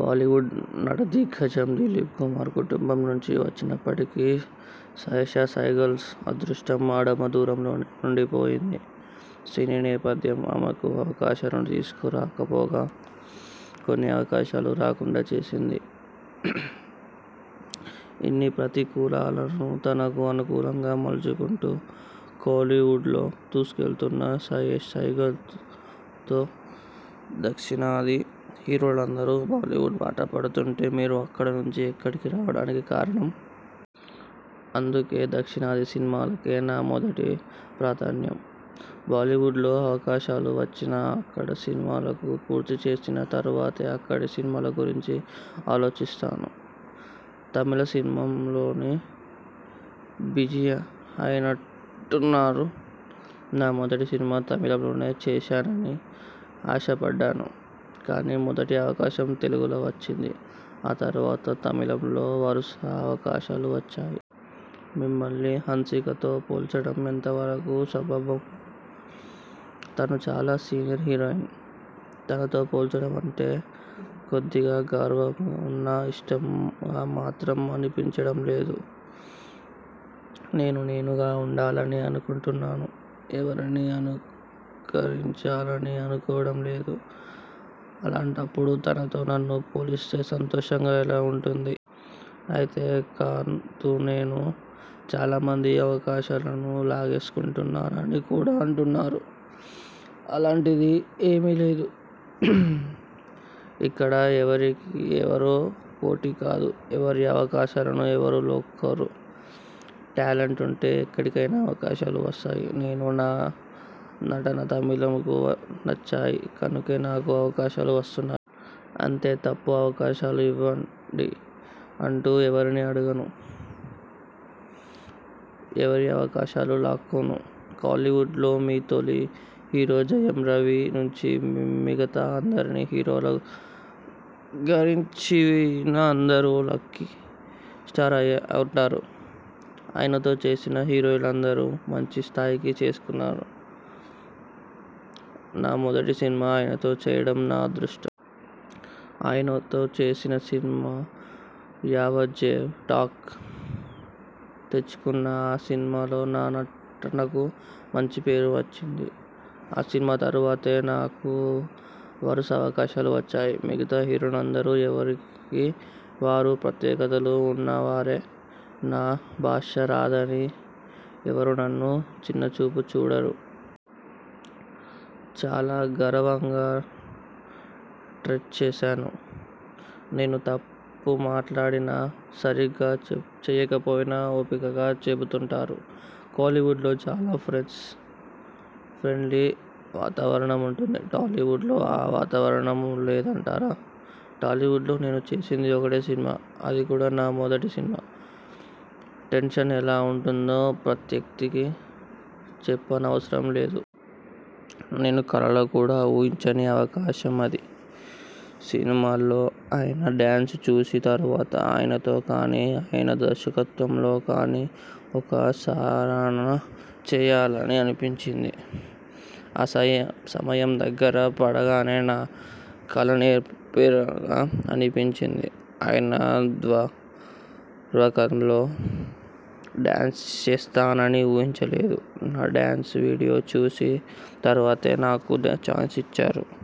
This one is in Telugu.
బాలీవుడ్ నటదిగ్గజం దిలీప్ కుమార్ కుటుంబం నుంచి వచ్చినప్పటికీ సయేషా సైగల్కు అదృష్టం ఆడమ దూరంలోనే ఉండి పోయింది. సినీ నేపథ్యం ఆమెకు అవకాశాలను తీసుకు రాకపోగా, కొన్ని అవకాశాలు రాకుండా చేసింది. ఇన్ని ప్రతికూలాలను తనకు అనుకూలంగా మలుచుకుంటూ కోలీవుడ్లో దూసుకెల్తున్న సయేషా సైగల్తో దక్షిణాది హీరోయిన్లందరూ బాలీవుడ్ బాట పడుతుంటే మీరు అక్కడ నుంచి ఇక్కడికి రావడానికి కారణం? అందుకే దక్షిణాది సినిమాలకే నా మొదటి ప్రాధాన్యం. బాలీవుడ్లో అవకాశాలు వచ్చినా, అక్కడ సినిమాలు పూర్తిచేసిన తరువాతే అక్కడి సినిమాల గురించి ఆలోచిస్తాను. తమిళ సింహంలో బిజీ అయినట్టున్నారు? నా మొదటి సినిమా తమిళంలోనే చేయాలని ఆశపడ్డాను. కానీ మొదటి అవకాశం తెలుగులో వచ్చింది. ఆ తరువాత తమిళంలో వరుస అవకాశాలు వచ్చాయి. మిమ్మల్ని హన్సికతో పోల్చడం ఎంతవరకు సబబు? తను చాలా సీనియర్ హీరోయిన్. తనతో పోల్చడం అంటే కొద్దిగా గర్వంగా ఉన్నా ఇష్టంగా మాత్రం అనిపించడం లేదు. నేను నేనుగా ఉండాలని అనుకుంటున్నాను. ఎవరినీ అనుకరించాలని అనుకోవడం లేదు. అలాంటప్పుడు తనతో నన్ను పోలిస్తే సంతోషంగా ఎలా ఉంటుంది? అంతే కాదునేను చాలామంది అవకాశాలను లాగేసుకుంటున్నానని కూడా అంటున్నారు. అలాంటిది ఏమీ లేదు. ఇక్కడ ఎవరికి ఎవరూ పోటీ కాదు. ఎవరి అవకాశాలనూ ఎవరూ లోక్కోరు. టాలెంట్ ఉంటే ఎక్కడైనా అవకాశాలు వస్తాయి. నేనూ, నా నటనా తమిళులకు నచ్చాయి కనుకనే నాకు అవకాశాలు వస్తున్నాయి. అంతే తప్ప అవకాశాలు ఇవ్వండి అంటూ ఎవరినీ అడగను. ఎవరి అవకాశాలూ లాక్కోను. కోలీవుడ్లో మీ తొలి హీరో జయం రవి నుంచి మిగతా అందరి హీరోల గురించివిజయ్ని అవుతారు లక్కీ స్టార్ అంటారు. ఆయనతో చేసిన హీరోయిన్లందరూ మంచి స్థాయికి చేరుకున్నారు. నా మొదటి సినిమా ఆయనతో చేయడం నా అదృష్టం. ఆయనతో చేసిన సినిమా యావరేజ్ టాక్ తెచ్చుకున్నా ఆ సినిమాలో నా నటనకు మంచి పేరు వచ్చింది. ఆ సినిమా తరువాతే నాకు వరుస అవకాశాలు వచ్చాయి. మిగతా హీరోలందరూ ఎవరికి వారు ప్రత్యేకతలు ఉన్నవారే! నాకు భాష రాదనీ ఎవ్వరూ నన్ను చిన్నచూపు చూడరు. చాలా గర్వంగా ట్రీట్ చేస్తారు. నేను తప్పు మాట్లాడినా, సరిగ్గా చేయకపోయినా ఓపికగా చెబుతుంటారు. కోలీవుడ్లో చాలా ఫ్రెండ్లీ వాతావరణం ఉంటుంది. టాలీవుడ్లో ఆ వాతావరణం లేదంటారా? టాలీవుడ్లో నేను చేసింది ఒక్కటే సినిమా. అది కూడా నా మొదటి సినిమా. టెన్షన్ ఎలా ఉంటుందో ప్రత్యేకించి చెప్పనవసరం లేదు. నేను కలలో కూడా ఊహించని అవకాశం అది. సినిమాల్లో ఆయన డ్యాన్సులు చూసిన తరువాత ఆయనతో కానీ, ఆయన దర్శకత్వంలో కానీ ఒక్క సారన్నా చేయాలని అనిపించింది. ఆ సాయ సమయం దగ్గర పడగానే 'నా కలనెవ్వరగ' అనిపించింది. ఆయన దరకంలో డ్యాన్స్ చేస్తానని ఊహించలేదు. నా డ్యాన్స్ వీడియో చూసిన తరువాతే నాకు ఛాన్స్ ఇచ్చారు.